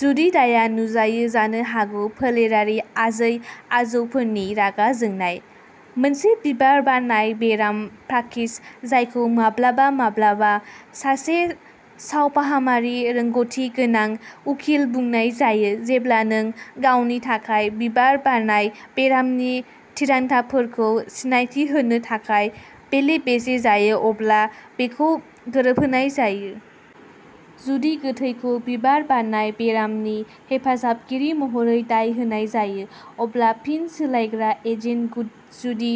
जुदि दायआ नुजायो जानो हागौ फोलेरारि आजै-आजौफोरनि रागा जोंनाय। मोनसे बिबार बारनाय बेराम प्रक्सि जायखौ माब्लाबा माब्लाबा सासे सावफाहामारि रोंग'थि गोनां उखिल बुंनाय जायो जेब्ला नों गावनि थाखाय बिबार बारनाय बेरामनि थिरांथाफोरखौ सिनायथि होनो थाखाय बेले-बेजे जायो अब्ला बेखौ गोरोबहोनाय जायो। जुदि गोथैखौ बिबार बारनाय बेरामनि हेफाजाबगिरि महरै दाय होनाय जायो अब्ला फिन सोलायग्रा एजेन्ट जुदि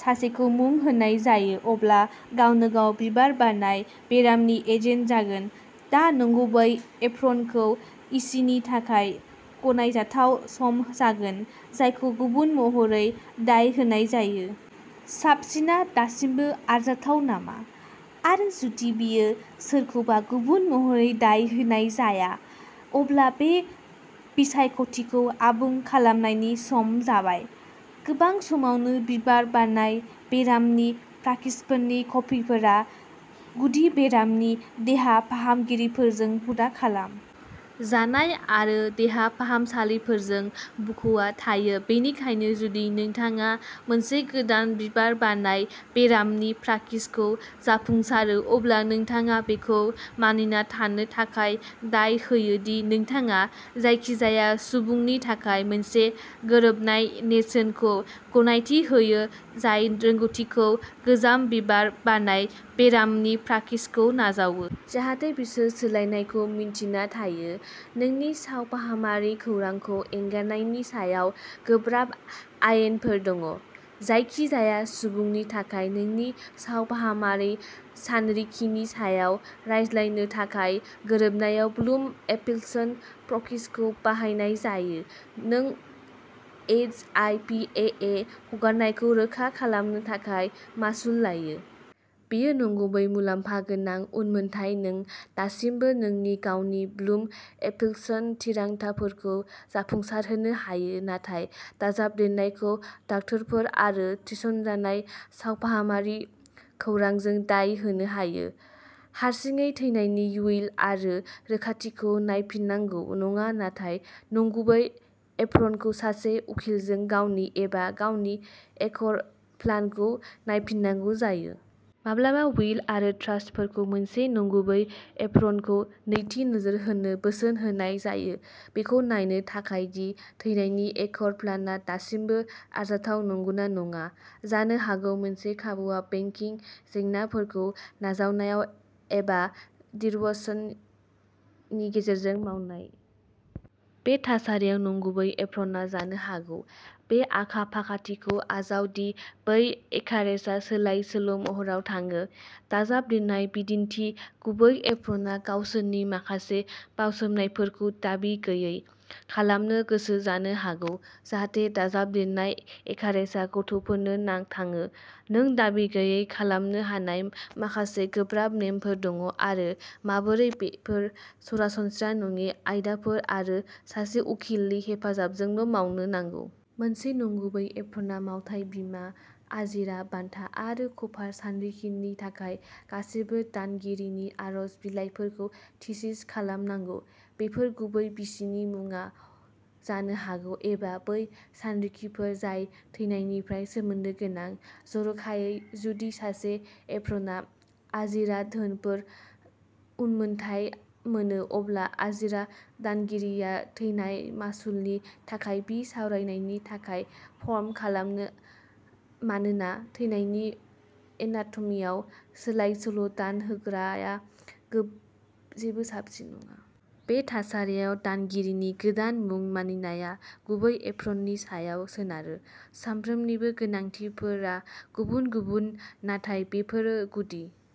सासेखौ मुं होनाय जायो अब्ला गावनो-गाव बिबार बारनाय बेरामनि एजेन्ट जागोन। दा नंगुबै एप्रनखौ यिसिनि थाखाय गनायजाथाव सम जागोन जायखौ गुबुन महरै दाय होनाय जायो। साबसिनआ दासिमबो आरजाथाव नामा? आरो जुदि बियो सोरखौबा गुबुन महरै दाय होनाय जाया, अब्ला बे बिसायख'थिखौ आबुं खालामनायनि सम जाबाय। गोबां समावनो बिबार बारनाय बेरामनि प्रक्सिफोरनि कपिफोरा गुदि बेरामनि देहा फाहामगिरिफोरजों हुदा खालाम जानाय आरो देहा फाहामसालिफोरजों बुकआव थायो बेनिखायनो जुदि नोंथाङा मोनसे गोदान बिबार बारनाय बेरामनि प्रक्सिखौ जाफुंसारो अब्ला नोंथाङा बेखौ मानिना थानो थाखाय दाय होयो दि नोंथाङा जायखिजाया सुबुंनि थाखाय मोनसे गोरोबनाय नेरसोनखौ गनायथि होयो जाय रोंग'थिखौ गोजाम बिबार बारनाय बेरामनि प्रक्सिखौ नाजावो। जाहाथे बिसोर सोलायनायखौ मिन्थिना थायो। नोंनि सावफाहामारि खौरांखौ एंगारनायनि सायाव गोब्राब आयेनफोर दं। जायखिजाया सुबुंनि थाखाय नोंनि सावफाहामारि सानरिखिनि सायाव रायज्लायनो थाखाय गोरोबनायाव ब्लुम एफ्लिक्शन प्रक्सिखौ बाहायनाय जाया नों ऐडस आइ पि ए ए हगारनायखौ रोखा खालामनो थाखाय मासुल लायो। बेयो नंगुबै मुलाम्फा गोनां उनमोनथाय नों दासिमबो नोंनि गावनि ब्लुम एफ्लिक्शन थिरांथाफोरखौ जाफुंसारहोनो हायो नाथाय दाजाबदेरनायखौ दाक्ट'रफोर आरो थिसनजानाय सावफाहामारि खौरांजों दाय होनो हायो। हारसिङै थैनायनि उइल आरो रोखाथिखौ नायफिननांगौ नङा नाथाय नंगुबै एप्रनखौ सासे उखिलजों गावनि एबा गावनि एकर प्लानखौ नायफिननांगौ जायो। माब्लाबा उइल आरो ट्रास्टफोरखौ मोनसे नंगुबै एप्रनखौ "नैथि नोजोर" होनो बोसोन होनाय जायो बेखौ नायनो थाखाय दि थैनायनि एकर प्लानआ दासिमबो आरजाथाव नंगौना नङा। जानो हागौ मोनसे खाबुआ बेंकिं जेंनाफोरखौ नाजावनाय एबा डिव'र्सनि गेजेरजों मावनाय। बे थासारियाव नंगुबै एप्रनआ जानो हागौ। बे आखा-फाखाथिखौ आजाव दि बै एकारेजआ सोलाय-सोल'महराव थाङो। दाजाबदेरनाय बिदिन्थि गुबै एप्रनआ गावसोरनि माखासे बावसोमनायफोरखौ "दाबि गैयै" खालामनो गोसो जानो हागौ जाहाथे दाजाबदेरनाय एकारेजआ गथ'फोरनो थाङो। नों दाबि गैयै खालामनो हानाय माखासे गोब्राब नेमफोर दं आरो माबोरै बेफोर सरासनस्रा नङि आयदाफोर आरो सासे उखिलनि हेफाजाबजोंल' मावनो नांगौ। मोनसे नंगुबै एप्रनआ मावथाय बीमा, आजिरा, बानथा आरो कफार सानरिखिनि थाखाय गासिबो दानगिरिनि आरज बिलाइफोरखौ थिसिस खालामनांगौ। बेफोर गुबै बिसिनि मुंआव जानो हागौ एबा बै सानरिखिफोर जाय थैनायनिफ्राय सोमोन्दो गोनां। जर'खायै जुदि सासे एप्रनआ आजिरा धोनफोर उनमोनथाय मोनो अब्ला आजिरा दानगिरिया थैनाय मासुलनि थाखाय बि सावरायनायनि थाखाय फर्म खालामो मानोना थैनायनि एनाट'मीयाव सोलाय-सोल' दान होग्रया जेबो साबसिन नङा। बे थासारियाव दानगिरिनि गोदान मुं मानिनाया गुबै एप्रननि सायाव सोनारो। साफ्रोमनिबो गोनांथिफोरा गुबुन-गुबुन नाथाय बेफोरो गुदि।